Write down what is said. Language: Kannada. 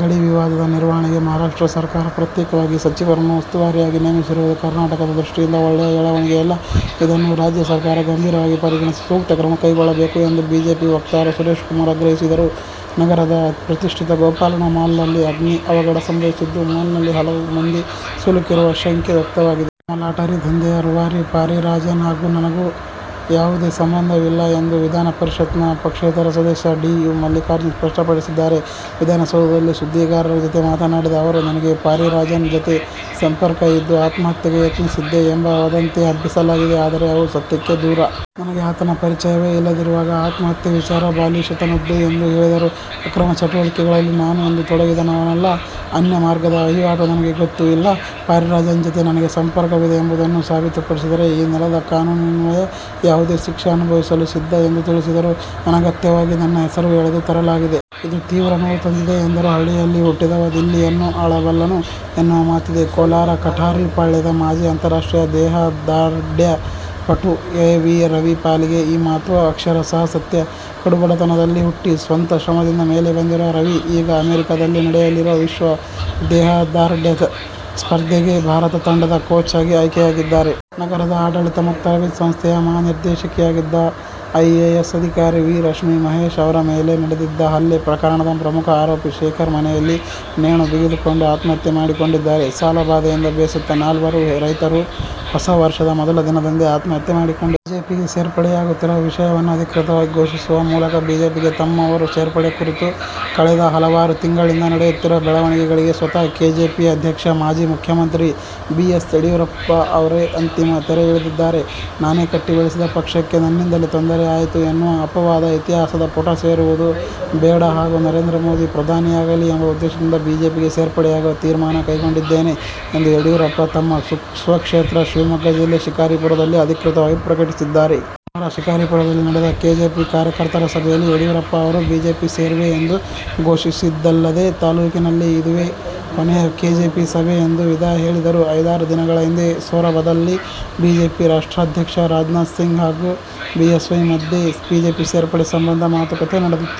ಗಡಿ ವಿವಾದದ ನಿರ್ವಹಣೆಗೆ ಮಹಾರಾಷ್ಟ್ರ ಸರಕಾರ ಪ್ರತ್ಯೇಕವಾಗಿ ಸಚಿವರನ್ನು ಉಸ್ತುವಾರಿಯಾಗಿ ನೇಮಿಸಿರುವುದು ಕರ್ನಾಟಕದ ದೃಷ್ಟಿಯಿಂದ ಒಳ್ಳೆಯ ಬೆಳವಣಿಗೆಯಲ್ಲ. ಇದನ್ನು ರಾಜ್ಯ ಸರಕಾರ ಗಂಭೀರವಾಗಿ ಪರಿಗಣಿಸಿ ಸೂಕ್ತ ಕ್ರಮ ಕೈಗೊಳ್ಳಬೇಕು ಎಂದು ಬಿಜೆಪಿ ವಕ್ತಾರ ಸುರೇಶಕುಮಾರ ಆಗ್ರಹಿಸಿದರು. ನಗರದ ಪ್ರತಿಷ್ಠಿತ ಗೋಪಾಲನ್ ಮಾಲ್ನಲ್ಲಿ ಅಗ್ನಿ ಅವಘಡ ಸಂಭವಿಸಿದ್ದು, ಮಾಲ್ನಲ್ಲಿ ಹಲವು ಮಂದಿ ಸಿಲುಕಿರುವ ಶಂಕೆ ವ್ಯಕ್ತವಾಗಿದೆ. ಅಕ್ರಮ ಲಾಟರಿ ದಂಧೆಯ ರೂವಾರಿ ಪಾರಿರಾಜನ್ ಹಾಗೂ ನನಗೂ ಯಾವುದೇ ಸಂಬಂಧವಿಲ್ಲ ಎಂದು ವಿಧಾನಪರಿಷತ್ನ ಪಕ್ಷೇತರ ಸದಸ್ಯ ಡಿ. ಯು. ಮಲ್ಲಿಕಾರ್ಜುನ್ ಸ್ಪಷ್ಟಪಡಿಸಿದ್ದಾರೆ. ವಿಧಾನಸೌಧದಲ್ಲಿ ಸುದ್ದಿಗಾರರ ಜತೆ ಮಾತನಾಡಿದ ಅವರು, ನನಗೆ ಪಾರಿರಾಜನ್ ಜತೆ ಸಂಪರ್ಕ ಇದ್ದು ಆತ್ಮಹತ್ಯೆಗೆ ಯತ್ನಿಸಿದ್ದೆ ಎಂಬ ವದಂತಿ ಹಬ್ಬಿಸಲಾಗಿದೆ. ಆದರೆ, ಅವು ಸತ್ಯಕ್ಕೆ ದೂರ. ನನಗೆ ಆತನ ಪರಿಚಯವೇ ಇಲ್ಲದಿರುವಾಗ ಆತ್ಮಹತ್ಯೆ ವಿಚಾರ ಬಾಲಿಶತನದ್ದು ಎಂದು ಹೇಳಿದರು. ಅಕ್ರಮ ಚಟುವಟಿಕೆಗಳಲ್ಲಿ ನಾನು ಎಂದೂ ತೊಡಗಿದವನಲ್ಲ. ಅನ್ಯ ಮಾರ್ಗದ ವಹಿವಾಟು ನನಗೆ ಗೊತ್ತೂ ಇಲ್ಲ. ಪಾರಿರಾಜನ್ ಜತೆ ನನಗೆ ಸಂಪರ್ಕವಿದೆ ಎಂಬುದನ್ನು ಸಾಬೀತುಪಡಿಸಿದರೆ ಈ ನೆಲದ ಕಾನೂನಿನನ್ವಯ ಯಾವುದೇ ಶಿಕ್ಷೆ ಅನುಭವಿಸಲು ಸಿದ್ಧ ಎಂದು ತಿಳಿಸಿದರು ಅನಗತ್ಯವಾಗಿ ನನ್ನ ಹೆಸರು ಎಳೆದು ತರಲಾಗಿದೆ. ಇದು ತೀವ್ರ ನೋವು ತಂದಿದೆ ಎಂದರು. ಹಳ್ಳಿಯಲ್ಲಿ ಹುಟ್ಟಿದವ ದಿಲ್ಲಿಯನ್ನೂ ಆಳಬಲ್ಲನು ಎನ್ನುವ ಮಾತಿದೆ. ಕೋಲಾರ ಕಠಾರಿಪಾಳ್ಯದ ಮಾಜಿ ಅಂತಾರಾಷ್ಟ್ರೀಯ ದೇಹದಾರ್ಢ್ಯ ಪಟು ಎ. ವಿ. ರವಿ ಪಾಲಿಗೆ ಈ ಮಾತು ಅಕ್ಷರಶಃ ಸತ್ಯ. ಕಡುಬಡತನದಲ್ಲಿ ಹುಟ್ಟಿ ಸ್ವಂತ ಶ್ರಮದಿಂದ ಮೇಲೆ ಬಂದಿರುವ ರವಿ ಈಗ ಅಮೆರಿಕದಲ್ಲಿ ನಡೆಯಲಿರುವ ವಿಶ್ವ ದೇಹದಾರ್ಢ್ಯ ಸ್ಪರ್ಧೆಗೆ ಭಾರತ ತಂಡದ ಕೋಚ್ ಆಗಿ ಆಯ್ಕೆಯಾಗಿದ್ದಾರೆ. ನಗರದ ಆಡಳಿತ ಮತ್ತು ತರಬೇತಿ ಸಂಸ್ಥೆಯ ಮಹಾನಿರ್ದೇಶಕಿಯಾಗಿದ್ದ ಐಎಎಸ್ಅಧಿಕಾರಿ ವಿ. ರಶ್ಮಿ ಮಹೇಶ್ ಅವರ ಮೇಲೆ ನಡೆದಿದ್ದ ಹಲ್ಲೆ ಪ್ರಕರಣದ ಪ್ರಮುಖ ಆರೋಪಿ ಶೇಖರ್ ಮನೆಯಲ್ಲಿ ನೇಣು ಬಿಗಿದುಕೊಂಡು ಆತ್ಮಹತ್ಯೆ ಮಾಡಿಕೊಂಡಿದ್ದಾರೆ. ಸಾಲಬಾಧೆಯಿಂದ ಬೇಸತ್ತ ನಾಲ್ವರು ರೈತರು ಹೊಸ ವರ್ಷದ ಮೊದಲ ದಿನದಂದೇ ಆತ್ಮಹತ್ಯೆ ಮಾಡಿಕೊಂಡಿದ್ದಾರೆ. ಬಿಜೆಪಿಗೆ ಸೇರ್ಪಡೆಯಾಗುತ್ತಿರುವ ವಿಷಯವನ್ನು ಅಧಿಕೃತವಾಗಿ ಘೋಷಿಸುವ ಮೂಲಕ ಬಿಜೆಪಿಗೆ ತಮ್ಮ ಮರು ಸೇರ್ಪಡೆ ಕುರಿತು ಕಳೆದ ಹಲವಾರು ತಿಂಗಳಿಂದ ನಡೆಯುತ್ತಿರುವ ಬೆಳವಣಿಗೆಗಳಿಗೆ ಸ್ವತಃ ಕೆಜೆಪಿ ಅಧ್ಯಕ್ಷ, ಮಾಜಿ ಮುಖ್ಯಮಂತ್ರಿ ಬಿ. ಎಸ್. ಯಡಿಯೂರಪ್ಪ ಅವರೇ ಅಂತಿಮ ತೆರೆ ಎಳೆದಿದ್ದಾರೆ. ''''''ನಾನೇ ಕಟ್ಟಿ ಬೆಳೆಸಿದ ಪಕ್ಷಕ್ಕೆ ನನ್ನಿಂದಲೇ ತೊಂದರೆ ಆಯಿತು ಎನ್ನುವ ಅಪವಾದ ಇತಿಹಾಸದ ಪುಟ ಸೇರುವುದು ಬೇಡ ಹಾಗೂ ನರೇಂದ್ರ ಮೋದಿ ಪ್ರಧಾನಿಯಾಗಲಿ ಎಂಬ ಉದ್ದೇಶದಿಂದ ಬಿಜೆಪಿಗೆ ಸೇರ್ಪಡೆಯಾಗುವ ತೀರ್ಮಾನ ಕೈಗೊಂಡಿದ್ದೇನೆ'' ಎಂದು ಯಡಿಯೂರಪ್ಪ ತಮ್ಮ ಸ್ವಕ್ಷೇತ್ರ ಶಿವಮೊಗ್ಗ ಜಿಲ್ಲೆ ಶಿಕಾರಿಪುರದಲ್ಲಿ ಅಧಿಕೃತವಾಗಿ ಪ್ರಕಟಿಸಿದ್ದಾರೆ. ಭಾನುವಾರ ಶಿಕಾರಿಪುರದಲ್ಲಿ ನಡೆದ ಕೆಜೆಪಿ ಕಾರ್ಯಕರ್ತರ ಸಭೆಯಲ್ಲಿ ಯಡಿಯೂರಪ್ಪ ಅವರು ಬಿಜೆಪಿ ಸೇರುವೆ ಎಂದು ಘೋಷಿಸಿದ್ದಲ್ಲದೇ ತಾಲೂಕಿನಲ್ಲಿ ಇದುವೇ ಕೊನೆಯ ಕೆಜೆಪಿ ಸಭೆ ಎಂದು ವಿದಾಯ ಹೇಳಿದರು. ಐದಾರು ದಿನಗಳ ಹಿಂದೆ ಸೊರಬದಲ್ಲಿ ಬಿಜೆಪಿ ರಾಷ್ಟ್ರಾಧ್ಯಕ್ಷ ರಾಜನಾಥ ಸಿಂಗ್ ಹಾಗೂ ಬಿಎಸ್ವೈ ಮಧ್ಯೆ ಬಿಜೆಪಿ ಸೇರ್ಪಡೆ ಸಂಬಂಧ ಮಾತುಕತೆ ನಡೆದಿತ್ತು.